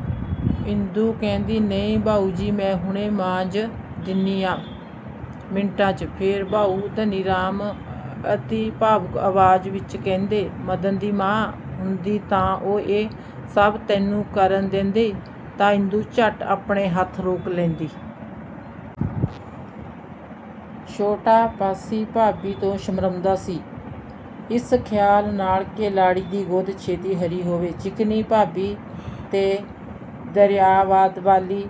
" ਇੰਦੂ ਕਹਿੰਦੀ-"ਨਹੀਂ ਬਾਊਜੀ, ਮੈਂ ਹੁਣੇ ਮਾਂਜ ਦੇਨੀ ਆਂ, ਮਿੰਟਾਂ 'ਚ। " ਫੇਰ ਬਾਊ ਧਨੀਰਾਮ ਅਤੀ ਭਾਵੁਕ ਆਵਾਜ਼ ਵਿਚ ਕਹਿੰਦੇ-"ਮਦਨ ਦੀ ਮਾਂ ਹੁੰਦੀ ਤਾਂ ਇਹ ਸਭ ਤੈਨੂੰ ਕਰਨ ਦੇਂਦੀ? " ਤੇ ਇੰਦੂ ਝੱਟ ਆਪਣੇ ਹੱਥ ਰੋਕ ਲੈਂਦੀ। ਛੋਟਾ ਪਾਸ਼ੀ ਭਾਬੀ ਤੋਂ ਸ਼ਰਮਾਉਂਦਾ ਸੀ। ਇਸ ਖ਼ਿਆਲ ਨਾਲ ਕਿ ਲਾੜੀ ਦੀ ਗੋਦ ਛੇਤੀ ਹਰੀ ਹੋਵੇ, ਚਿਕਨੀ ਭਾਬੀ ਤੇ ਦਰਿਆਬਾਦ ਵਾਲੀ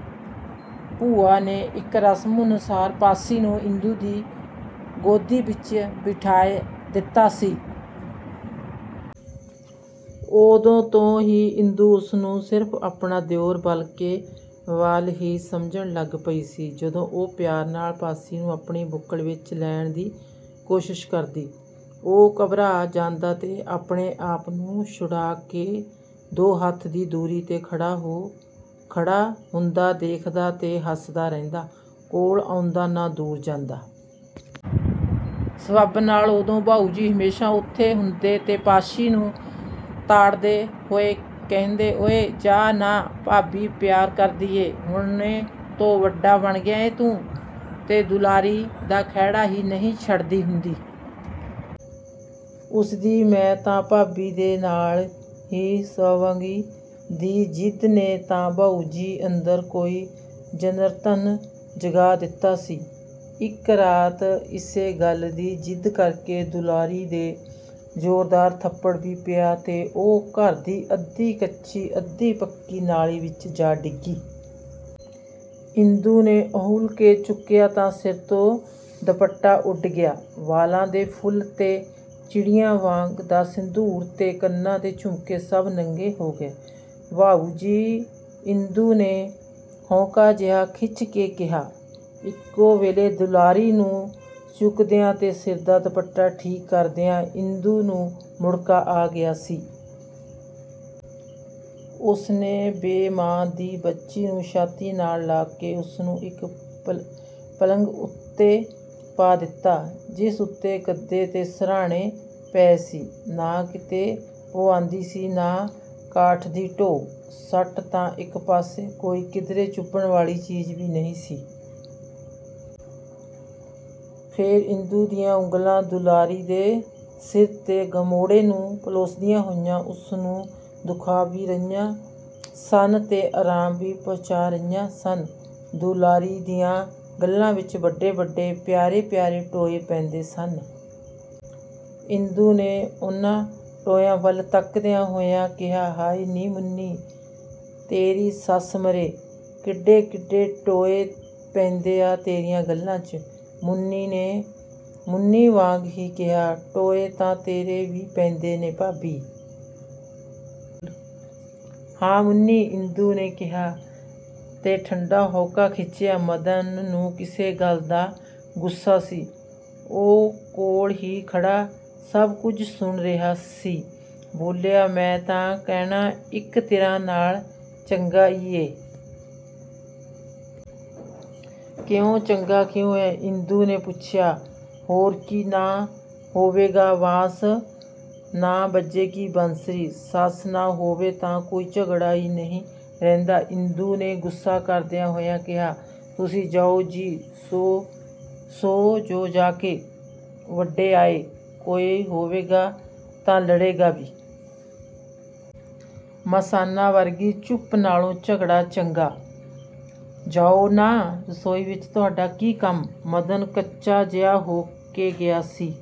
ਭੂਆ ਨੇ ਇਕ ਰਸਮ ਅਨੁਸਾਰ ਪਾਸ਼ੀ ਨੂੰ ਇੰਦੂ ਦੀ ਗੋਦੀ ਵਿਚ ਬਿਠਾਅ ਦਿਤਾ ਸੀ। ਉਦੋਂ ਤੋਂ ਹੀ ਇੰਦੂ ਉਸਨੂੰ ਨਾ ਸਿਰਫ ਆਪਣਾ ਦਿਓਰ ਬਲਿਕੇ ਬਾਲ ਹੀ ਸਮਝਣ ਲੱਗ ਪਈ ਸੀ। ਜਦੋਂ ਉਹ ਪਿਆਰ ਨਾਲ ਪਾਸ਼ੀ ਨੂੰ ਆਪਣੀ ਬੁੱਕਲ ਵਿਚ ਲੈਣ ਦੀ ਕੋਸ਼ਿਸ਼ ਕਰਦੀ, ਉਹ ਘਬਰਾ ਜਾਂਦਾ ਤੇ ਆਪਣੇ ਆਪ ਨੂੰ ਛੁਡਾਅ ਕੇ ਦੋ ਹੱਥ ਦੀ ਦੂਰੀ 'ਤੇ ਜਾ ਖੜ੍ਹਾ ਹੁੰਦਾ-ਦੇਖਦਾ ਤੇ ਹੱਸਦਾ ਰਹਿੰਦਾ; ਕੋਲ ਆਉਂਦਾ ਨਾ ਦੂਰ ਜਾਂਦਾ। ਸਬੱਬ ਨਾਲ ਉਦੋਂ ਬਾਊਜੀ ਹਮੇਸ਼ਾ ਉੱਥੇ ਹੁੰਦੇ ਤੇ ਪਾਸ਼ੀ ਨੂੰ ਤਾੜਦੇ ਹੋਏ ਕਹਿੰਦੇ-"ਓਇ ਜਾਹ ਨਾ… ਭਾਬੀ ਪਿਆਰ ਕਰਦੀ ਏ। ਹੁਣੇ ਤੋਂ ਵੱਡਾ ਬਣ ਗਿਆ ਏਂ ਤੂੰ? " ਤੇ ਦੁਲਾਰੀ ਤਾਂ ਖਹਿੜਾ ਹੀ ਨਹੀਂ ਸੀ ਛੱਡਦੀ ਹੁੰਦੀ। ਉਸਦੀ 'ਮੈਂ ਤਾਂ ਭਾਬੀ ਦੇ ਨਾਲ ਈ ਸੰਵਾਂਗੀ' ਦੀ ਜ਼ਿਦ ਨੇ ਤਾਂ ਬਾਊਜੀ ਅੰਦਰ ਕੋਈ ਜਨਾਰਧਨ ਜਗਾ ਦਿਤਾ ਸੀ। ਇਕ ਰਾਤ ਇਸੇ ਗੱਲ ਦੀ ਜ਼ਿਦ ਕਰਕੇ ਦੁਲਾਰੀ ਦੇ ਜ਼ੋਰਦਾਰ ਥੱਪੜ ਵੀ ਪਿਆ ਤੇ ਉਹ ਘਰ ਦੀ ਅੱਧੀ–ਕੱਚੀ, ਅੱਧੀ–ਪੱਕੀ ਨਾਲੀ ਵਿਚ ਜਾ ਡਿੱਗੀ। ਇੰਦੂ ਨੇ ਅਹੂਲ ਕੇ ਚੁੱਕਿਆ ਤਾਂ ਸਿਰ ਤੋਂ ਦੁੱਪਟਾ ਉੱਡ ਗਿਆ। ਵਾਲਾਂ ਦੇ ਫੁੱਲ ਤੇ ਚਿੜੀਆਂ, ਮਾਂਗ ਦਾ ਸਿੰਧੂਰ ਤੇ ਕੰਨਾਂ ਦੇ ਝੁਮਕੇ ਸਭ ਨੰਗੇ ਹੋ ਗਏ। "ਬਾਊਜੀ! " ਇੰਦੂ ਨੇ ਹਊਂਕਾ ਜਿਹਾ ਖਿੱਚ ਕੇ ਕਿਹਾ… ਇਕੋ ਵੇਲੇ ਦੁਲਾਰੀ ਨੂੰ ਚੁੱਕਦਿਆਂ ਤੇ ਸਿਰ ਦਾ ਦੁਪੱਟਾ ਠੀਕ ਕਰਦਿਆਂ ਇੰਦੂ ਨੂੰ ਮੁੜ੍ਹਕਾ ਆ ਗਿਆ ਸੀ। ਉਸਨੇ ਬੇ–ਮਾਂ ਦੀ ਬੱਚੀ ਨੂੰ ਛਾਤੀ ਨਾਲ ਲਾ ਕੇ ਉਸਨੂੰ ਇਕ ਪਲੰਘ ਉੱਤੇ ਪਾ ਦਿਤਾ, ਜਿਸ ਉੱਤੇ ਗੱਦੇ ਤੇ ਸਿਰਹਾਣੇ ਪਏ ਸੀ। ਨਾ ਕਿਤੇ ਪੁਆਂਦੀ ਸੀ ਨਾ ਕਾਠ ਦੀ ਢੋਅ। ਸੱਟ ਤਾਂ ਇਕ ਪਾਸੇ ਕੋਈ ਕਿਧਰੇ ਚੁਭਣ ਵਾਲੀ ਚੀਜ਼ ਵੀ ਨਹੀਂ ਸੀ। ਫੇਰ ਇੰਦੂ ਦੀਆਂ ਉਂਗਲਾਂ ਦੁਲਾਰੀ ਦੇ ਸਿਰ ਦੇ ਗਮੋੜ੍ਹੇ ਨੂੰ ਪਲੋਸਤੀਆਂ ਹੋਈਆਂ-ਉਸਨੂੰ ਦੁਖਾਅ ਵੀ ਰਹੀਆਂ ਸਨ ਤੇ ਆਰਾਮ ਵੀ ਪਹੁੰਚਾਅ ਰਹੀਆਂ ਸਨ। ਦੁਲਾਰੀਆਂ ਦੀਆਂ ਗੱਲ੍ਹਾਂ ਵਿਚ ਵੱਡੇ ਵੱਡੇ ਤੇ ਪਿਆਰੇ ਪਿਆਰੇ ਟੋਏ ਪੈਂਦੇ ਸਨ। ਇੰਦੂ ਨੇ ਉਹਨਾਂ ਟੋਇਆਂ ਵੱਲ ਤੱਕਦਿਆਂ ਹੋਇਆਂ ਕਿਹਾ-"ਹਾਏ ਨੀਂ ਮੁੰਨੀਂ! ਤੇਰੀ ਸੱਸ ਮਰੇ, ਕੇਡੇ ਕੇਡੇ ਟੋਏ ਪੈਂਦੇ ਆ ਤੇਰੀਆਂ ਗੱਲ੍ਹਾਂ 'ਚ…! " ਮੁੰਨੀ ਨੇ ਮੁੰਨੀ ਵਾਂਗ ਹੀ ਕਿਹਾ-"ਟੋਏ ਤਾਂ ਤੇਰੇ ਵੀ ਪੈਂਦੇ ਨੇ ਭਾਬੀ! " "ਹਾਂ ਮੁੰਨੀ! " ਇੰਦੂ ਨੇ ਕਿਹਾ ਤੇ ਠੰਡਾ ਹਊਕਾ ਖਿੱਚਿਆ। ਮਦਨ ਨੂੰ ਕਿਸੇ ਗੱਲ ਦਾ ਗੁੱਸਾ ਸੀ। ਉਹ ਕੋਲ ਹੀ ਖੜ੍ਹਾ ਸਭ ਕੁਝ ਸੁਣ ਰਿਹਾ ਸੀ। ਬੋਲਿਆ, "ਮੈਂ ਤਾਂ ਕਹਿਣਾ, ਇਕ ਤਰ੍ਹਾਂ ਨਾਲ ਚੰਗਾ ਈ ਏ। " "ਕਿਉਂ, ਚੰਗਾ ਕਿਉਂ ਐ? " ਇੰਦੂ ਨੇ ਪੁੱਛਿਆ। "ਹੋਰ ਕੀ, ਨਾ ਹੋਊਗਾ ਬਾਂਸ, ਨਾ ਵੱਜੂਗੀ ਬੰਸਰੀ। ਸੱਸ ਨਾ ਹੋਵੇ ਤਾਂ ਕੋਈ ਝਗੜਾ ਈ ਨਹੀਂ ਰਹਿੰਦਾ। " ਇੰਦੂ ਨੇ ਗੁੱਸਾ ਕਰਦਿਆਂ ਹੋਇਆਂ ਕਿਹਾ-"ਤੁਸੀਂ ਜਾਓ ਜੀ, ਸੌਂ ਜੋ ਜਾ ਕੇ, ਵੱਡੇ ਆਏ… ਕੋਈ ਹੋਵੇਗਾ ਤਾਂ ਲੜੇਗਾ ਵੀ। ਮਸਾਨਾ ਵਰਗੀ ਚੁੱਪ ਨਾਲੋਂ ਝਗੜਾ ਚੰਗਾ। ਜਾਓ ਨਾ, ਰਸੋਈ ਵਿਚ ਤੁਹਾਡਾ ਕੀ ਕੰਮ? " ਮਦਨ ਕੱਚਾ ਜਿਹਾ ਹੋ ਗਿਆ ਸੀ।